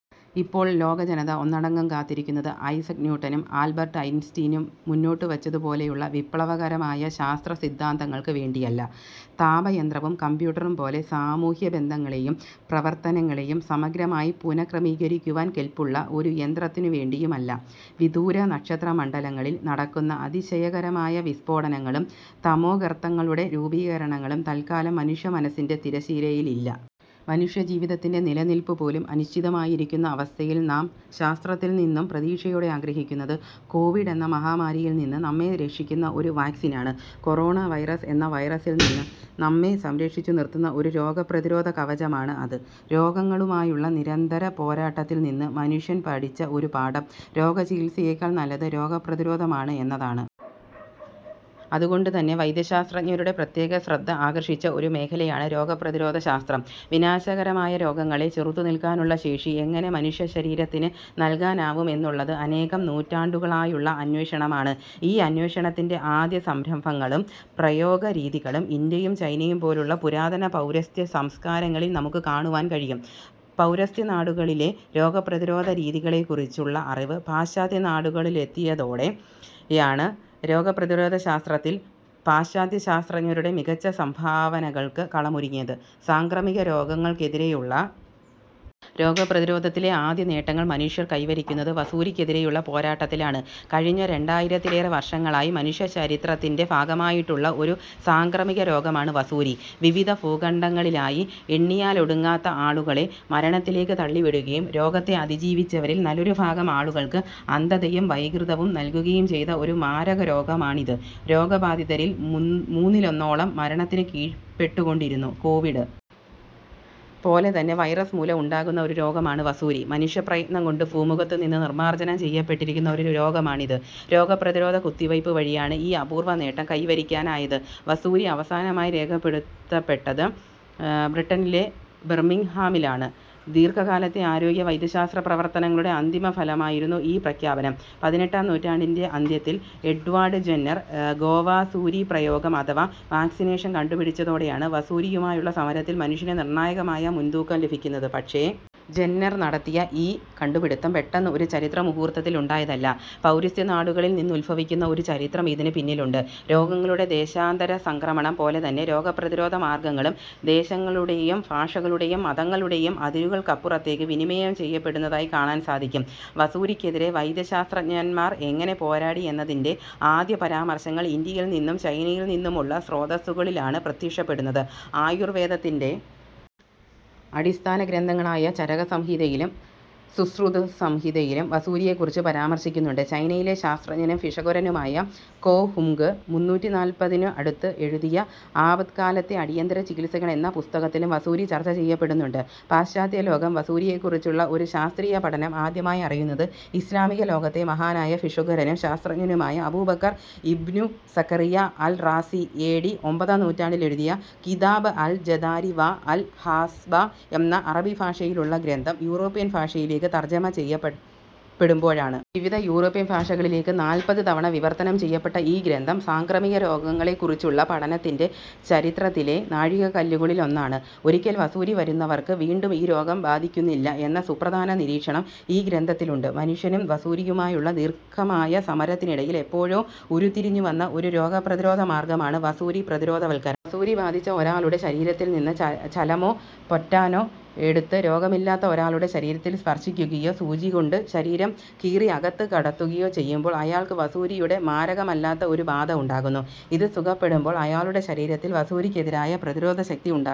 ഇപ്പോൾ ലോകജനത ഒന്നടങ്കം കാത്തിരിക്കുന്നത് ഐസക് ന്യൂട്ടനും ആൽബർട്ട് ഐൻസ്റ്റീനും മുന്നോട്ടുവച്ചതുപോലെയുള്ള വിപ്ലവകരമായ ശാസ്ത്രസിദ്ധാന്തങ്ങൾക്ക് വേണ്ടിയല്ല. താപയന്ത്രവും കമ്പ്യൂട്ടറും പോലെ സാമൂഹ്യബന്ധങ്ങളെയും പ്രവർത്തനങ്ങളെയും സമഗ്രമായി പുനഃക്രമീകരിക്കുവാൻ കെൽപ്പുള്ള ഒരു യന്ത്രത്തിനുവേണ്ടിയും അല്ല. വിദൂര നക്ഷത്രമണ്ഡലങ്ങളിൽ നടക്കുന്ന അതിശയകരമായ വിസ്ഫോടനങ്ങളും തമോഗർത്തങ്ങളുടെ രൂപീകരണങ്ങളും തൽക്കാലം മനുഷ്യമനസ്സിൻ്റെ തിരശ്ശീലയിൽ ഇല്ല. മനുഷ്യജീവിതത്തിൻ്റെ നിലനിൽപ്പുപോലും അനിശ്ചിതമായിരിക്കുന്ന അവസ്ഥയിൽ നാം ശാസ്ത്രത്തിൽനിന്നും പ്രതീക്ഷയോടെ ആഗ്രഹിക്കുന്നത് കോവിഡ് എന്ന മഹാമാരിയിൽനിന്ന് നമ്മെ രക്ഷിക്കുന്ന ഒരു വാക്സിനാണ്. കൊറോണ വൈറസ് എന്ന വൈറസിൽനിന്ന് നമ്മെ സംരക്ഷിച്ചുനിർത്തുന്ന ഒരു രോഗപ്രതിരോധ കവചമാണ് അത്. രോഗങ്ങളുമായുള്ള നിരന്തര പോരാട്ടത്തിൽ നിന്ന് മനുഷ്യൻ പഠിച്ച ഒരു പാഠം രോഗചികിത്സയേക്കാൾ നല്ലത് രോഗപ്രതിരോധമാണ് എന്നതാണ്. അതുകൊണ്ടുതന്നെ വൈദ്യശാസ്ത്രജ്ഞരുടെ പ്രത്യേകശ്രദ്ധ ആകർഷിച്ച ഒരു മേഖലയാണ് രോഗപ്രതിരോധശാസ്ത്രം. വിനാശകരമായ രോഗങ്ങളെ ചെറുത്തുനിൽക്കാനുള്ള ശേഷി എങ്ങനെ മനുഷ്യശരീരത്തിന് നൽകാനാവും എന്നുള്ളത് അനേകം നൂറ്റാണ്ടുകളായുള്ള അന്വേഷണമാണ്. ഈ അന്വേഷണത്തിൻ്റെ ആദ്യസംരംഭങ്ങളും പ്രയോഗരീതികളും ഇന്ത്യയും ചൈനയും പോലുള്ള പുരാതന പൗരസ്ത്യ സംസ്കാരങ്ങളിൽ നമുക്ക് കാണുവാൻ കഴിയും. പൗരസ്ത്യനാടുകളിലെ രോഗപ്രതിരോധരീതികളെക്കുറിച്ചുള്ള അറിവ് പാശ്ചാത്യനാടുകളിലെത്തിയതോടെയാണ് രോഗപ്രതിരോധശാസ്ത്രത്തിൽ പാശ്ചാത്യശാസ്ത്രജ്ഞരുടെ മികച്ച സംഭാവനകൾക്ക് കളമൊരുങ്ങിയത്. സാംക്രമികരോഗങ്ങൾക്കെതിരെയുള്ള രോഗപ്രതിരോധത്തിലെ ആദ്യനേട്ടങ്ങൾ മനുഷ്യർ കൈവരിക്കുന്നത് വസൂരിക്കെതിരെയുള്ള പോരാട്ടത്തിലാണ്. കഴിഞ്ഞ രണ്ടായിരത്തിലേറെ വർഷങ്ങളായി മനുഷ്യചരിത്രത്തിൻ്റെ ഭാഗമായിട്ടുള്ള ഒരു സാംക്രമികരോഗമാണ് വസൂരി. വിവിധ ഭൂഖണ്ഡങ്ങളിലായി എണ്ണിയാലൊടുങ്ങാത്ത ആളുകളെ മരണത്തിലേക്ക് തള്ളിവിടുകയും രോഗത്തെ അതിജീവിച്ചവരിൽ നല്ലൊരു ഭാഗം ആളുകൾക്ക് അന്ധതയും വൈകൃതവും നൽകുകയും ചെയ്ത ഒരു മാരകരോഗമാണിത്. രോഗബാധിതരിൽ മൂന്നിലൊന്നോളം മരണത്തിന് കീഴ്പ്പെട്ടുകൊണ്ടിരുന്നു. കോവിഡ് പോലെതന്നെ വൈറസ് മൂലം ഉണ്ടാകുന്ന ഒരു രോഗമാണ് വസൂരി. മനുഷ്യപ്രയത്നം കൊണ്ട് ഭൂമുഖത്തുനിന്ന് നിർമ്മാർജനം ചെയ്യപ്പെട്ടിരിക്കുന്ന ഒരു രോഗമാണിത്. രോഗപ്രതിരോധ കുത്തിവയ്പ്പ് വഴിയാണ് ഈ അപൂർവനേട്ടം കൈവരിക്കാനായത്. വസൂരി അവസാനമായി രേഖപ്പെടുത്തപ്പെട്ടത് ബ്രിട്ടനിലെ ബർമിംഗ്ഹാമിലാണ്. ദീർഘകാലത്തെ ആരോഗ്യ വൈദ്യശാസ്ത്ര പ്രവർത്തനങ്ങളുടെ അന്തിമഫലമായിരുന്നു ഈ പ്രഖ്യാപനം. പതിനെട്ടാം നൂറ്റാണ്ടിൻ്റെ അന്ത്യത്തിൽ എഡ്വാർഡ് ജെന്നർ ഗോവസൂരിപ്രയോഗം അഥവാ വാക്സിനേഷൻ കണ്ടുപിടിച്ചതോടെയാണ് വസൂരിയുമായുള്ള സമരത്തിൽ മനുഷ്യന് നിർണായകമായ മുൻതൂക്കം ലഭിക്കുന്നത്. പക്ഷേ ജെന്നർ നടത്തിയ ഈ കണ്ടുപിടിത്തം പെട്ടെന്ന് ഒരു ചരിത്രമുഹൂർത്തത്തിൽ ഉണ്ടായതല്ല. പൗരസ്ത്യനാടുകളിൽനിന്നുത്ഭവിക്കുന്ന ഒരു ചരിത്രം ഇതിന് പിന്നിലുണ്ട്. രോഗങ്ങളുടെ ദേശാന്തരസംക്രമണം പോലെത്തന്നെ രോഗപ്രതിരോധ മാർഗങ്ങളും ദേശങ്ങളുടെയും ഭാഷകളുടെയും മതങ്ങളുടെയും അതിരുകൾക്കപ്പുറത്തേക്ക് വിനിമയം ചെയ്യപ്പെടുന്നതായി കാണാൻ സാധിക്കും. വസൂരിക്കെതിരെ വൈദ്യശാസ്ത്രജ്ഞന്മാർ എങ്ങനെ പോരാടി എന്നതിൻ്റെ ആദ്യപരാമർശങ്ങൾ ഇന്ത്യയിൽനിന്നും ചൈനയിൽനിന്നുമുള്ള സ്രോതസ്സുകളിലാണ് പ്രത്യക്ഷപ്പെടുന്നത്. ആയുർവേദത്തിൻ്റെ അടിസ്ഥാന ഗ്രന്ഥങ്ങളായ ചരകസംഹിതയിലും സുശ്രുതസംഹിതയിലും വസൂരിയെക്കുറിച്ച് പരാമർശിക്കുന്നുണ്ട്. ചൈനയിലെ ശാസ്ത്രജ്ഞനും ഭിഷഗ്വരനുമായ കോ ഹുംഗ് മുന്നൂറ്റിനാൽപ്പതിനു അടുത്ത് എഴുതിയ ആപത്കാലത്തെ അടിയന്തര ചികിത്സകൾ എന്ന പുസ്തകത്തിലും വസൂരി ചർച്ച ചെയ്യപ്പെടുന്നുണ്ട്. പാശ്ചാത്യലോകം വസൂരിയെക്കുറിച്ചുള്ള ഒരു ശാസ്ത്രീയപഠനം ആദ്യമായി അറിയുന്നത് ഇസ്ലാമിക ലോകത്തെ മഹാനായ ഭിഷഗ്വരനും ശാസ്ത്രജ്ഞനുമായ Abu Bakr ibn Zakariya al Razi A D ഒമ്പതാം നൂറ്റാണ്ടിലെഴുതിയ കിതാബ് അൽ ജദാരി വാ അൽ ഹാസ്ബ എന്ന അറബിഭാഷയിലുള്ള ഗ്രന്ഥം യൂറോപ്യൻ ഭാഷകളിലേക്ക് തർജ്ജമ ചെയ്യപ്പെടുമ്പോഴാണ്. വിവിധ യൂറോപ്യൻ ഭാഷകളിലേക്ക് നാൽപ്പത് തവണ വിവർത്തനം ചെയ്യപ്പെട്ട ഈ ഗ്രന്ഥം സാംക്രമികരോഗങ്ങളെക്കുറിച്ചുള്ള പഠനത്തിൻ്റെ ചരിത്രത്തിലെ നാഴികക്കല്ലുകളിലൊന്നാണ്. ഒരിക്കൽ വസൂരി വരുന്നവർക്ക് വീണ്ടും ഈ രോഗം ബാധിക്കുന്നില്ല എന്ന സുപ്രധാന നിരീക്ഷണം ഈ ഗ്രന്ഥത്തിലുണ്ട്. മനുഷ്യനും വസൂരിയുമായുള്ള ദീർഘമായ സമരത്തിനിടയിൽ എപ്പോഴോ ഉരുത്തിരിഞ്ഞുവന്ന ഒരു രോഗപ്രതിരോധ മാർഗമാണ് വസൂരി പ്രതിരോധവൽക്കരണം. വസൂരി ബാധിച്ച ഒരാളുടെ ശരീരത്തിൽനിന്ന് ചലമോ പൊറ്റനോ എടുത്ത് രോഗമില്ലാത്ത ഒരാളുടെ ശരീരത്തിൽ സ്പർശിക്കുകയോ സൂചികൊണ്ട് ശരീരം കീറി അകത്ത് കടത്തുകയോ ചെയ്യുമ്പോൾ അയാൾക്ക് വസൂരിയുടെ മാരകമല്ലാത്ത ഒരു ബാധ ഉണ്ടാകുന്നു. ഇത് സുഖപ്പെടുമ്പോൾ അയാളുടെ ശരീരത്തിൽ വസൂരിക്കെതിരായ പ്രതിരോധശക്തി ഉണ്ടാകുന്നു.